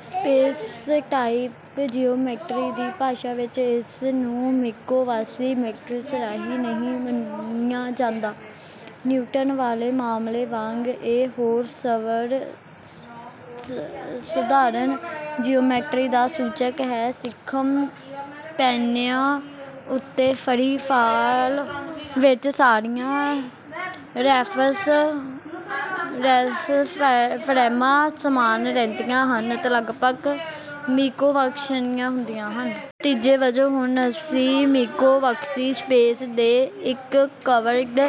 Space-time geometry ਦੀ ਭਾਸ਼ਾ ਵਿੱਚ ਇਸਨੂੰ ਮਿੰਕੋਵਸਕੀ ਮੀਟ੍ਰਿਕ ਰਾਹੀਂ ਨਹੀਂ ਮਿਣਿਆ ਜਾਂਦਾ। ਨਿਊਟਨ ਵਾਲੇ ਮਾਮਲੇ ਵਾਂਗ ਇਹ ਹੋਰ ਸਰਵ ਸਧਾਰਨ ਜੀਓਮੈਟਰੀ ਦਾ ਸੂਚਕ ਹੈ। ਸੀਖਮ ਪੈਮਾਨਿਆਂ ਉੱਤੇ ਫਰੀ ਫਾਲ ਵਿੱਚ ਸਾਰੀਆਂ ਰੈਫਰੈਂਸ ਫਰੇਮਾਂ ਸਮਾਨ ਰਹਿੰਦੀਆਂ ਹਨ ਅਤੇ ਲਗਭਗ ਮਿੰਕੋਵਸਕਿਅਨ ਹੁੰਦੀਆਂ ਹਨ। ਨਤੀਜੇ ਵਜੋਂ ਹੁਣ ਅਸੀਂ ਮਿੰਕੋਵਸਕੀ ਸਪੇਸ ਦੇ ਇੱਕ ਕਰਵਡ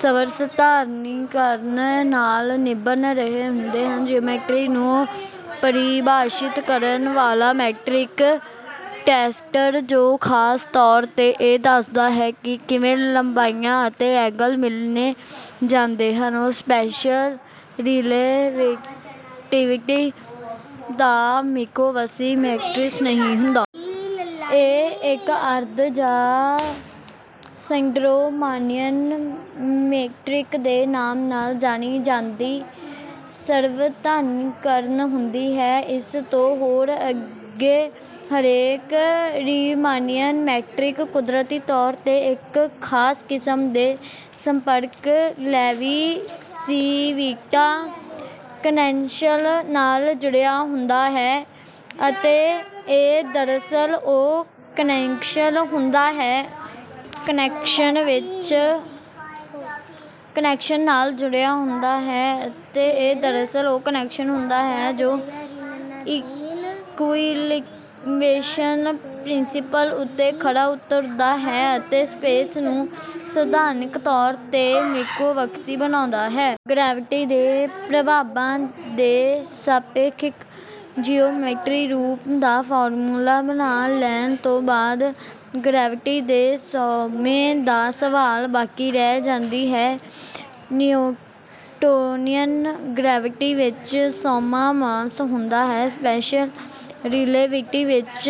ਸਰਵਸਧਾਰੀਕਰਨ ਨਾਲ ਨਿਬਟ ਰਹੇ ਹੁੰਦੇ ਹਾਂ। ਜਿਓਮੈਟਰੀ ਨੂੰ ਪਰਿਭਾਸ਼ਿਤ ਕਰਨ ਵਾਲਾ ਮੀਟ੍ਰਿਕ ਟੈਂਸਰ ਜੋ ਖਾਸ ਤੌਰ 'ਤੇ ਇਹ ਦੱਸਦਾ ਹੈ ਕਿ ਕਿਵੇਂ ਲੰਬਾਈਆਂ ਅਤੇ ਐਂਗਲ ਮਿਣੇ ਜਾਂਦੇ ਹਨ, ਉਹ ਸਪੈਸ਼ਲ ਰਿਲੈਟੀਵਿਟੀ ਦਾ ਮਿੰਕੋਵਸਕੀ ਮੀਟ੍ਰਿਕ ਨਹੀਂ ਹੁੰਦਾ। ਇਹ ਇੱਕ ਅਰਧ ਜਾਂ ਸੂਡੋਰੀਮਾਨੀਅਨ ਮੀਟ੍ਰਿਕ ਦੇ ਨਾਮ ਨਾਲ ਜਾਣੀ ਜਾਂਦੀ ਸਰਵਸਧਾਰੀਕਰਨ ਹੁੰਦੀ ਹੈ। ਇਸ ਤੋਂ ਹੋਰ ਅੱਗੇ ਹਰੇਕ ਰੀਮਾਨੀਅਨ ਮੀਟ੍ਰਿਕ ਕੁਦਰਤੀ ਤੌਰ 'ਤੇ ਇੱਕ ਖਾਸ ਕਿਸਮ ਦੇ ਸੰਪਰਕ ਲੇਵੀਸਿਵਿਟਾ ਕਨੈਕਸ਼ਨ ਨਾਲ ਜੁੜਿਆ ਹੁੰਦਾ ਹੈ ਅਤੇ ਇਹ ਦਰਅਸਲ ਉਹ ਕਨੈਕਸ਼ਨ ਹੁੰਦਾ ਹੈ ਜੋ ਇਕੁਈਵੇਲੈਂਸ ਪ੍ਰਿੰਸੀਪਲ ਉੱਤੇ ਖਰਾ ਉਤਰਦਾ ਹੈ ਅਤੇ ਸਪੇਸ ਨੂੰ ਸਥਾਨਿਕ ਤੌਰ 'ਤੇ ਮਿੰਕੋਵਸਕੀ ਬਣਾਉਂਦਾ ਹੈ। ਗਰੈਵਿਟੀ ਦੇ ਪ੍ਰਭਾਵਾਂ ਦੇ ਸਾਪੇਖਿਕ ਜੀਓਮੈਟਰੀ ਰੂਪ ਦਾ ਫਾਰਮੂਲਾ ਬਣਾ ਲੈਣ ਤੋਂ ਬਾਅਦ ਗਰੈਵਿਟੀ ਦੇ ਸੋਮੇ ਦਾ ਸਵਾਲ ਬਾਕੀ ਰਹਿ ਜਾਂਦਾ ਹੈ। ਨਿਊਟੋਨੀਅਨ ਗਰੈਵਿਟੀ ਵਿੱਚ ਸੋਮਾ ਮਾਸ ਹੁੰਦਾ ਹੈ। ਸਪੈਸ਼ਲ ਰਿਲੇਟੀਵਿਟੀ ਵਿੱਚ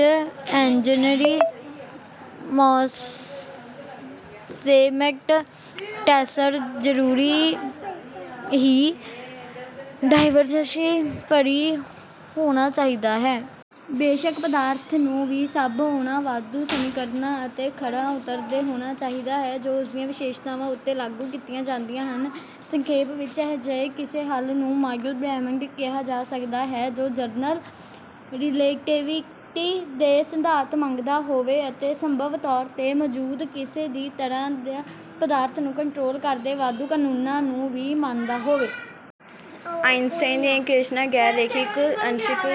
ਐਨਰਜੀ-ਮੋਮੈਂਟਮ ਟੈਂਸਰ ਜ਼ਰੂਰੀ ਹੀ ਡਾਇਵਰਜੰਸ-ਫਰੀ ਹੋਣਾ ਚਾਹੀਦਾ ਹੈ। ਬੇਸ਼ੱਕ ਪਦਾਰਥ ਨੂੰ ਵੀ ਸਭ ਉਹਨਾਂ ਵਾਧੂ ਸਮੀਕਰਨਾਂ 'ਤੇ ਖਰਾ ਉਤਰਦੇ ਹੋਣਾ ਚਾਹੀਦਾ ਹੈ ਜੋ ਉਸਦੀਆਂ ਵਿਸ਼ੇਸ਼ਤਾਵਾਂ ਉੱਤੇ ਲਾਗੂ ਕੀਤੀਆਂ ਜਾਂਦੀਆਂ ਹਨ। ਸੰਖੇਪ ਵਿੱਚ ਅਜਿਹੇ ਕਿਸੇ ਹੱਲ ਨੂੰ ਮਾਡਲ ਬ੍ਰਹਿਮੰਡ ਕਿਹਾ ਜਾ ਸਕਦਾ ਹੈ ਜੋ ਜਨਰਲ ਰਿਲੇਟੀਵਿਟੀ ਦੇ ਸਿਧਾਂਤ ਮੰਗ ਦਾ ਹੋਵੇ ਅਤੇ ਸੰਭਵ ਤੌਰ 'ਤੇ ਮੌਜੂਦ ਕਿਸੇ ਵੀ ਤਰ੍ਹਾਂ ਦੇ ਪਦਾਰਥ ਨੂੰ ਕੰਟਰੋਲ ਕਰਦੇ ਵਾਧੂ ਕਨੂੰਨਾਂ ਨੂੰ ਵੀ ਮੰਨਦਾ ਹੋਵੇ। ਆਈਨਸਟਾਈਨ ਦੀਆਂ ਇਕੁਏਸ਼ਨਾਂ ਗੈਰ-ਰੇਖਿਕ ਅੰਸ਼ਿਕ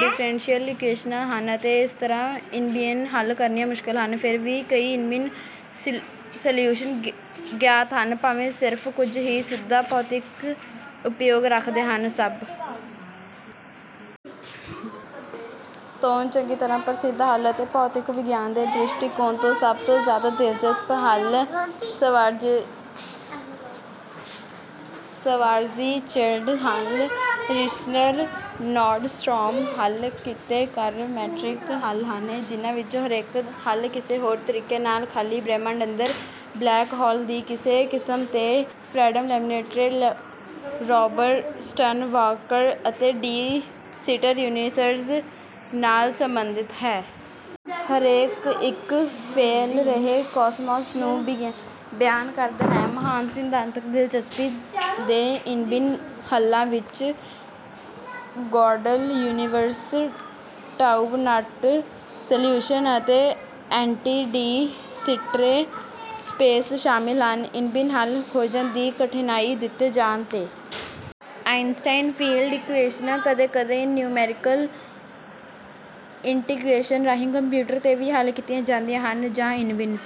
ਡਿੱਫਰੈਂਸ਼ੀਅਲ ਇਕੁਏਸ਼ਨਾਂ ਹਨ ਅਤੇ ਇਸ ਤਰ੍ਹਾਂ ਇੰਨਬਿੰਨ ਹੱਲ ਕਰਨੀਆਂ ਮੁਸ਼ਕਲ ਹਨ। ਫਿਰ ਵੀ ਕਈ ਇੰਨਬਿੰਨ ਸਲਿਊਸ਼ਨ ਗਿਆਤ ਹਨ ਭਾਵੇਂ ਸਿਰਫ ਕੁੱਝ ਹੀ ਸਿੱਧਾ ਭੌਤਿਕੀ ਉਪਯੋਗ ਰੱਖਦੇ ਹਨ। ਸਭ ਤੋਂ ਚੰਗੀ ਤਰ੍ਹਾਂ ਪ੍ਰਸਿੱਧ ਹੱਲ ਅਤੇ ਭੌਤਿਕ ਵਿਗਿਆਨ ਦੇ ਦ੍ਰਿਸ਼ਟੀਕੋਣ ਤੋਂ ਸਭ ਤੋਂ ਜਿਆਦਾ ਦਿਲਚਸਪ ਹੱਲ ਸ਼ਵਾਰਜ਼ਚਿਲਡ ਹੱਲ, ਰੀਸ਼ਨਰ-ਨੌਰਡਸਟਰੌਮ ਹੱਲ ਅਤੇ ਕੱਰ ਮੀਟ੍ਰਿਕ ਹੱਲ ਹਨ ਜਿਹਨਾਂ ਵਿੱਚੋਂ ਹਰੇਕ ਹੱਲ ਕਿਸੇ ਹੋਰ ਤਰੀਕੇ ਨਾਲ ਖਾਲੀ ਬ੍ਰਹਿਮੰਡ ਅੰਦਰ ਬਲੈਕ ਹੋਲ ਦੀ ਕਿਸੇ ਕਿਸਮ ਅਤੇ ਫਰੇਡਮਨ-ਲੇਮਿਟਰੇ-ਰੌਬਰਸਟਨ-ਵਾਕਰ ਅਤੇ ਡਿ ਸਿੱਟਰ ਯੂਨੀਵਰਸਜ਼ ਨਾਲ ਸਬੰਧਿਤ ਹੈ। ਹਰੇਕ ਇੱਕ ਫੈਲ ਰਹੇ ਕੌਸਮੌਸ ਨੂੰ ਬਿਆਨ ਕਰਦਾ ਹੈ। ਮਹਾਨ ਸਿਧਾਂਤਕ ਦਿਲਚਸਪੀ ਦੇ ਇੰਨਬਿੰਨ ਹੱਲਾਂ ਵਿੱਚ ਗੋਡਲ ਯੂਨੀਵਰਸ, ਟਾਓਬ-ਨੱਟ ਸਲਿਊਸ਼ਨ ਅਤੇ ਐਂਟੀ-ਡੀ-ਸਿੱਟਰੇ ਸਪੇਸ ਸ਼ਾਮਿਲ ਹਨ। ਇੰਨਬਿੰਨ ਹੱਲ ਖੋਜਣ ਦੀ ਕਠਿਨਾਈ ਦਿੱਤੇ ਜਾਣ 'ਤੇ ਆਈਨਸਟਾਈਨ ਫੀਲਡ ਇਕੁਏਸ਼ਨਾਂ ਕਦੇ-ਕਦੇ ਨਿਉਮੈਰੀਕਲ ਇੰਟੀਗਰੇਸ਼ਨ ਰਾਹੀਂ ਕੰਪਿਊਟਰ 'ਤੇ ਵੀ ਹੱਲ ਕੀਤੀਆਂ ਜਾਂਦੀਆਂ ਹਨ ਜਾਂ ਇੰਨਬਿੰਨ